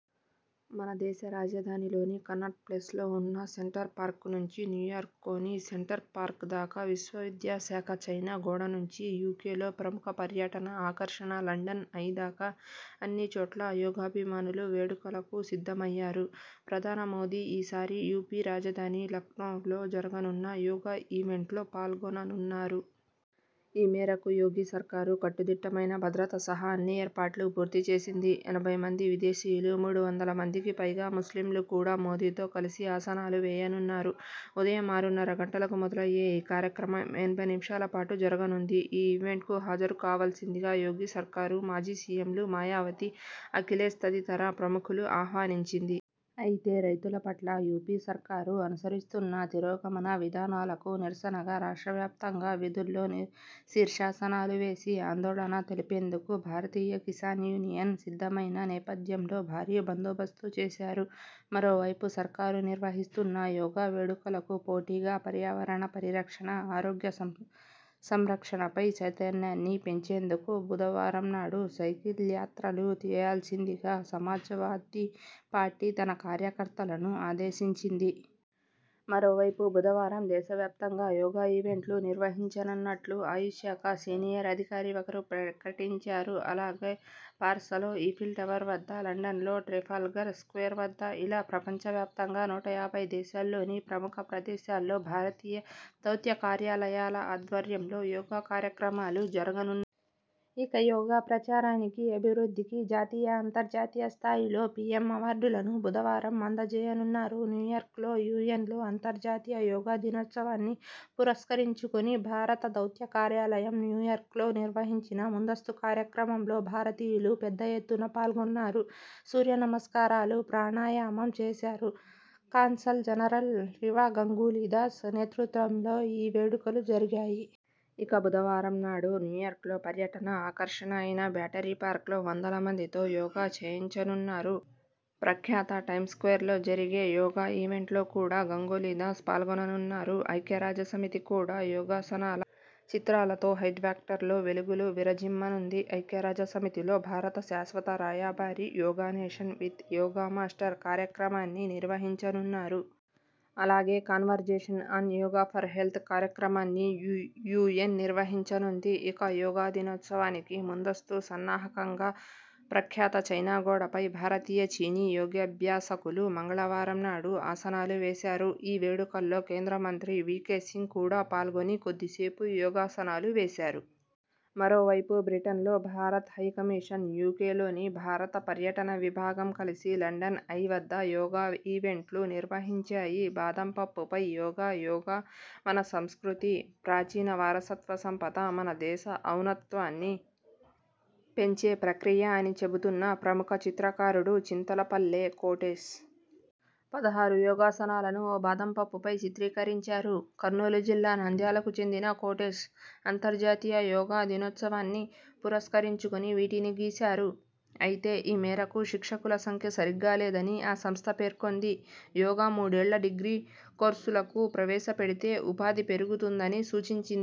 మన దేశ రాజధానిలోని కన్నాట్ప్లేస్లో ఉన్న సెంట్రల్ పార్క్ నుంచి న్యూయార్క్లోని సెంట్రల్ పార్క్దాకా.. విశ్వవిఖ్యాత చైనా గోడ నుంచి యూకేలో ప్రముఖ పర్యాటక ఆకర్షణ 'లండన్ ఐ' దాకా అన్ని చోట్ల యోగాభిమానులు వేడుకలకు సిద్ధమయ్యారు. ప్రధాని మోదీ ఈసారి యూపీ రాజధాని లఖ్నవ్లో జరగనున్న యోగా ఈవెంట్లో పాల్గొననున్నారు. ఈ మేరకు యోగి సర్కారు కట్టుదిట్టమైన భద్రత సహా అన్ని ఏర్పాట్లూ పూర్తిచేసింది. ఎనబై మంది విదేశీయులు, మూడువందల మందికిపైగా ముస్లింలు కూడా మోదీతో కలిసి ఆసనాలు వేయనున్నారు. ఉదయం ఆరునర గంటలకు మొదలయ్యే ఈ కార్యక్రమం ఎనబై నిమిషాలపాటు జరగనుంది. ఈ ఈవెంట్కు హాజరు కావాల్సిందిగా యోగి సర్కారు మాజీ సీఎంలు మాయావతి, అఖిలేశ్ తదితర ప్రముఖులు ఆహ్వానించింది. అయితే.. రైతుల పట్ల యూపీ సర్కారు అనుసరిస్తున్న తిరోగమన విధానాలకు నిరసనగా రాష్ట్రవ్యాప్తంగా వీధుల్లో శీర్షాసనాలు వేసి ఆందోళన తెలిపేందుకు భారతీయ కిసాన్ యూనియన్ సిద్ధమైన నేపథ్యంలో భారీ బందోబస్తు చేశారు. మరోవైపు.. సర్కారు నిర్వహిస్తున్న యోగా వేడుకలకు పోటీగా పర్యావరణ పరిరక్షణ, ఆరోగ్య సంరక్షణపై చైతన్యాన్ని పెంచేందుకు బుధవారంనాడు సైకిల్యాత్రలు చేయాల్సిందిగా సమాజ్వాదీ పార్టీ తన కార్యకర్తలను ఆదేశించింది. మరోవైపు.. బుధవారం దేశవ్యాప్తంగా యోగా ఈవెంట్లు నిర్వహించనున్నట్టు ఆయుష్ శాఖ సీనియర్ అధికారి ఒకరు ప్రకటించారు. అలాగే.. పారిసలో ఈఫిల్ టవర్ వద్ద, లండన్లో ట్రెఫాల్గర్ స్క్వేర్ వద్ద.. ఇలా ప్రపంచవ్యాప్తంగా నూటయాబై దేశాల్లోని ప్రముఖ ప్రదేశాల్లో భారతీయ దౌత్యకార్యాలయాల ఆధ్వర్యంలో యోగా కార్యక్రమాలు జరగనున్నాయి. ఇక.. యోగా ప్రచారానికి, అభివృద్ధికి జాతీయ, అంతర్జాతీయ స్థాయిలో పీఎం అవార్డులను బుధవారం అందజేయనున్నారు. న్యూయార్క్లో.. యూఎన్లో.. అంతర్జాతీయ యోగా దినోత్సవాన్ని పురస్కరించుకుని భారత దౌత్య కార్యాలయం న్యూయార్క్లో నిర్వహించిన ముందస్తు కార్యక్రమంలో భారతీయులు పెద్ద ఎత్తున పాల్గొన్నారు. సూర్యనమస్కారాలు, ప్రాణాయామం చేశారు. కాన్సల్ జనరల్ రివా గంగూలీ దాస్ నేతృత్వంలో ఈ వేడుకలు జరిగాయి. ఇక బుధవారంనాడు న్యూయార్క్లో పర్యాటన ఆకర్షణ అయిన బ్యాటరీ పార్క్లో వందలమందితో యోగా చేయించనున్నారు. ప్రఖ్యాత టైమ్స్స్క్వేర్లో జరిగే యోగా ఈవెంట్లో కూడా గంగూలీ దాస్ పాల్గొననున్నారు. ఐక్యరాజ్యసమితి కూడా యోగాసనాల చిత్రాలతో హెడ్క్వార్టర్స్లో వెలుగులు విరజిమ్మనుంది. ఐక్యరాజ్యసమితిలో భారత శాశ్వత రాయబారి 'yoga nation with yoga masters' కార్యక్రమాన్ని నిర్వహించనున్నారు. అలాగే.. 'conversation on yoga for health' కార్యక్రమాన్ని యూఎన్ నిర్వహించనుంది. ఇక.. యోగా దినోత్సవానికి ముందస్తు సన్నాహకంగా ప్రఖ్యాత చైనా గోడపై భారతీయ, చీనీ యోగాభ్యాసకులు మంగళవారంనాడు ఆసనాలు వేశారు. ఈ వేడుకల్లో.. కేంద్ర మంత్రి వీకే సింగ్ కూడా పాల్గొని కొద్దిసేపు యోగాసనాలు వేశారు. మరోవైపు.. బ్రిటన్లో భారత్ హై కమిషన్, యూకేలోని భారత పర్యాటన విభాగం కలిసి లండన్ ఐ వద్ద యోగా ఈవెంట్ను నిర్వహించాయి. బాదం పప్పుపై యోగా! యోగా మన సంస్కృతి. ప్రాచీన వారసత్వ సంపద. మన దేశ ఔన్నత్యాన్ని పెంచే ప్రక్రియ అని చెబుతున్న ప్రముఖ చిత్రకారుడు చింతలపల్లె కోటేశ్.. పదహరు యోగాసనాలను ఓ బాదం పప్పుపై చిత్రీకరించారు. కర్నూలు జిల్లా నంద్యాలకు చెందిన కోటేశ్.. అంతర్జాతీయ యోగా దినోత్సవాన్ని పురస్కరించుకుని వీటిని గీశారు. అయితే ఈ మేరకు శిక్షకుల సంఖ్య సరిగ్గా లేదని ఆ సంస్థ పేర్కొంది. యోగా మూడేళ్ల డిగ్రీ కోర్సులకు ప్రవేశపెడితే ఉపాధి పెరుగుతుందని సూచించింది.